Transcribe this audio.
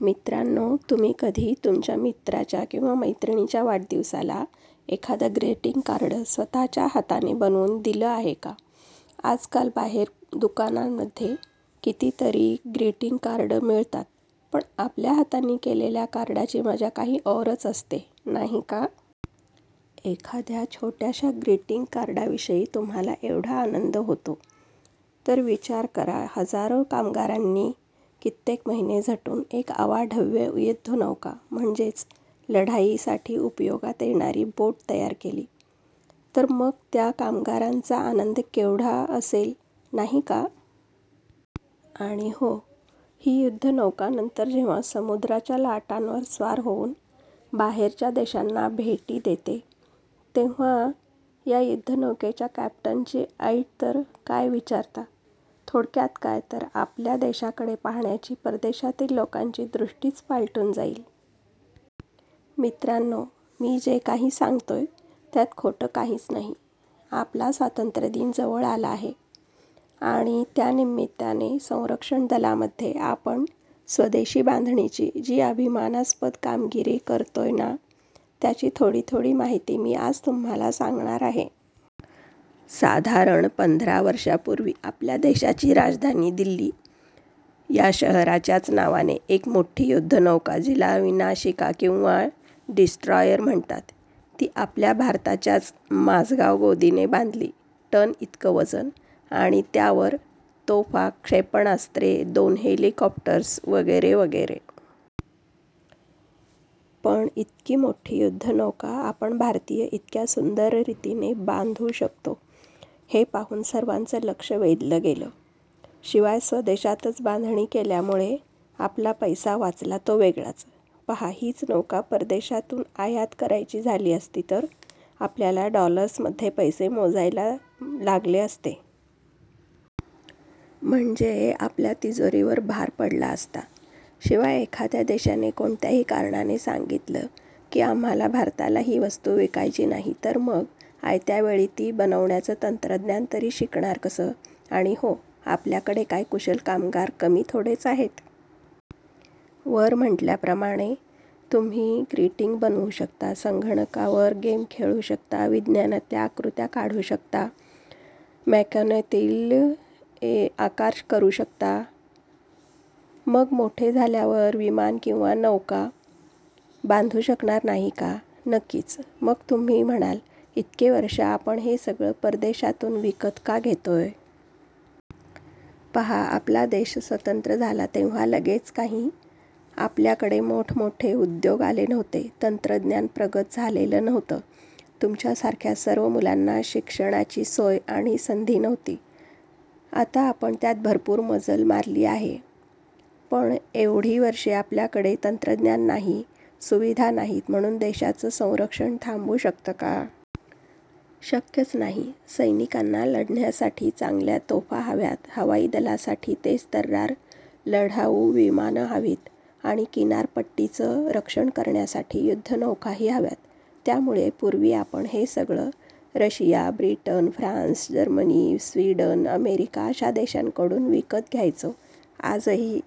मित्रांनो, तुम्ही कधी तुमच्या मित्राच्या किंवा मैत्रिणीच्या वाढदिवसाला एखादं ग्रीटिंग कार्ड स्वतःच्या हाताने बनवून दिलं आहे का? आजकाल बाहेर दुकानांमध्ये कितीतरी ग्रीटिंग कार्ड मिळतात. पण आपल्या हातांनी केलेल्या कार्डाची मजा काही औरच असते, नाही का? एखाद्या छोट्याशा ग्रीटिंग कार्डाविषयी तुम्हाला एवढा आनंद होतो, तर विचार करा, हजारो कामगारांनी कित्येक महिने झटून एक अवाढव्य युद्धनौका म्हणजेच लढाईसाठी उपयोगात येणारी बोट तयार केली तर? मग त्या कामगारांचा आनंद केवढा असेल, नाही का? आणि हो, ही युद्धनौका नंतर जेव्हा समुद्राच्या लाटांवर स्वार होऊन बाहेरच्या देशांना भेटी देते, तेव्हा या युद्धनौकेच्या कॅप्टनची ऐट तर काय विचारता. थोडक्यात काय, तर आपल्या देशाकडे पाहण्याची परदेशातील लोकांची दृष्टीच पालटून जाईल. मित्रांनो, मी जे काही सांगतोय, त्यात खोटं काहीच नाही. आपला स्वातंत्र्यदिन जवळ आला आहे आणि त्यानिमित्ताने संरक्षण दलांमध्ये आपण स्वदेशी बांधणीची जी अभिमानास्पद कामगिरी करतोय ना, त्याची थोडी थोडी माहिती मी आज तुम्हाला सांगणार आहे. साधारण पंधरा वर्षांपूर्वी आपल्या देशाची राजधानी दिल्ली या शहराच्याच नावाने एक मोठी युद्धनौका, जिला विनाशिका किंवा डिस्ट्रॉयर म्हणतात, ती आपल्या भारताच्याच माझगाव गोदीने बांधली. टन इतकं वजन आणि त्यावर तोफा, क्षेपणास्त्र, दोन हेलिकॉप्टर्स वगैरे वगैरे. पण इतकी मोठी युद्धनौका आपण भारतीय इतक्या सुंदर रीतीने बांधू शकतो, हे पाहून सर्वांचं लक्ष वेधलं गेलं. शिवाय स्वदेशातच बांधणी केल्यामुळे आपला पैसा वाचला, तो वेगळाच. पहा, हीच नौका परदेशातून आयात करायची झाली असती, तर आपल्याला डॉलर्समध्ये पैसे मोजायला लागले असते. म्हणजे आपल्या तिजोरीवर भार पडला असता. शिवाय एखाद्या देशाने कोणत्याही कारणाने सांगितलं की आम्हाला भारताला ही वस्तू विकायची नाही, तर? मग आयत्या वेळी आपण ती बनवण्याचं तंत्रज्ञान तरी शिकणार कसं? आणि हो, आपल्याकडे काय कुशल कामगार कमी थोडेच आहेत. वर म्हटल्याप्रमाणे, तुम्ही ग्रीटिंग बनवू शकता, संगणकावर गेम खेळू शकता, विज्ञानातल्या आकृत्या काढू शकता, मेकॅनोतले आकार करू शकता, मग मोठे झाल्यावर विमानं किंवा नौका का बांधू शकणार नाही? नक्कीच. मग तुम्ही म्हणाल, इतकी वर्षं आपण हे सगळं परदेशातून विकत का घेतोय? पहा, आपला देश स्वतंत्र झाला, तेव्हा लगेच काही आपल्याकडे मोठमोठे उद्योग आले नव्हते, तंत्रज्ञान प्रगत झालेलं नव्हतं, तुमच्यासारख्या सर्व मुलांना शिक्षणाची सोय आणि संधी नव्हती. आता आपण त्यात भरपूर मजल मारली आहे. पण एवढी वर्षं आपल्याकडे तंत्रज्ञान नाही, सुविधा नाहीत, म्हणून देशाचं संरक्षण थांबू शकतं का? शक्यच नाही. सैनिकांना लढण्यासाठी चांगल्या तोफा हव्यात, हवाई दलासाठी तेजतर्रार लढाऊ विमानं हवीत आणि किनारपट्टीचं रक्षण करण्यासाठी युद्धनौकाही हव्यात. त्यामुळे पूर्वी आपण हे सगळं Russia, Britain, France, Germany, Sweden, America अशा देशांकडून विकत घ्यायचो. आजही